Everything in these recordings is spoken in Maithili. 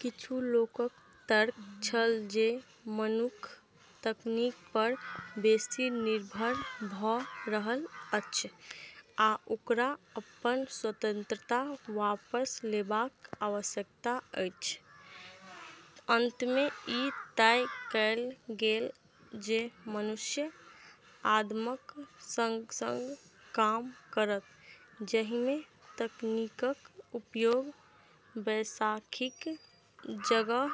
किछु लोकक तर्क छल जे मनुख तकनीक पर बेसी निर्भर भ’ रहल अछि, आ ओकरा अपन स्वतंत्रता वापस लेबाक आवश्यकता अछि। अंतमे ई तय कएल गेल जे मनुष्य आदमक संग-संग काम करत, जाहिमे तकनीकक उपयोग बैसाखीक जगह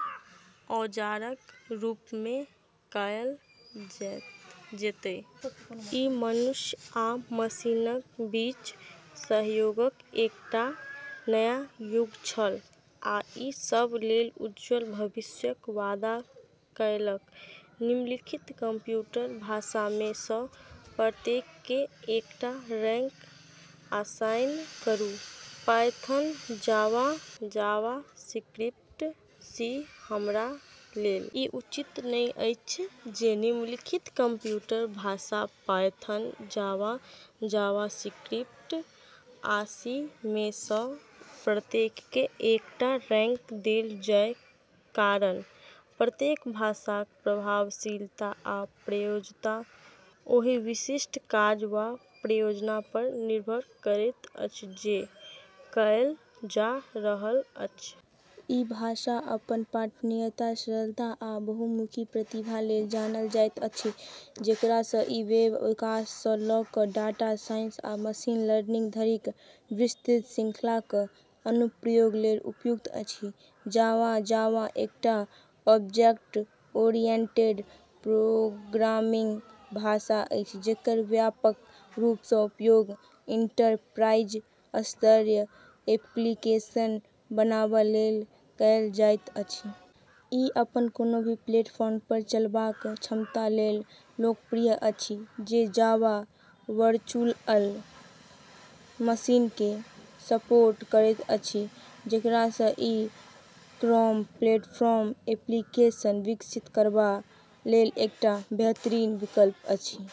औजारक रूपमे कएल जेतै। ई मनुष्य आ मशीनक बीच सहयोगक एकटा नया युग छल, आ ई सभ लेल उज्ज्वल भविष्यक वादा कएलक। निम्नलिखित कंप्यूटर भाषामे सँ प्रत्येककेँ एकटा रैंक असाइन करू: पायथन, जावा, जावास्क्रिप्ट, सी। हमरा लेल ई उचित नहि अछि जे निम्नलिखित कंप्यूटर भाषा - पायथन, जावा, जावास्क्रिप्ट, आ सी - मे सँ प्रत्येककेँ एकटा रैंक देल जाय कारण प्रत्येक भाषाक प्रभावशीलता आ प्रयोज्यता ओहि विशिष्ट काज वा परियोजना पर निर्भर करैत अछि जे कएल जा रहल अछि। ई भाषा अपन पठनीयता, सरलता, आ बहुमुखी प्रतिभा लेल जानल जाइत अछि, जेकरा सँ ई वेब विकास सँ ल’ क’ डाटा साइंस आ मशीन लर्निंग धरिक विस्तृत श्रृंखलाक अनुप्रयोग लेल उपयुक्त अछि। जावा: जावा एकटा ऑब्जेक्ट-ओरिएंटेड प्रोग्रामिंग भाषा अछि जेकर व्यापक रूप सँ उपयोग एंटरप्राइज-स्तरीय एप्लीकेशन बनाबा लेल कएल जाइत अछि। ई अपन कोनो भी प्लेटफॉर्म पर चलबाक क्षमता लेल लोकप्रिय अछि जे जावा वर्चुअल मशीनकेँ सपोर्ट करैत अछि, जेकरा सँ ई क्रॉस-प्लेटफॉर्म एप्लीकेशन विकसित करबा लेल एकटा बेहतरीन विकल्प अछि।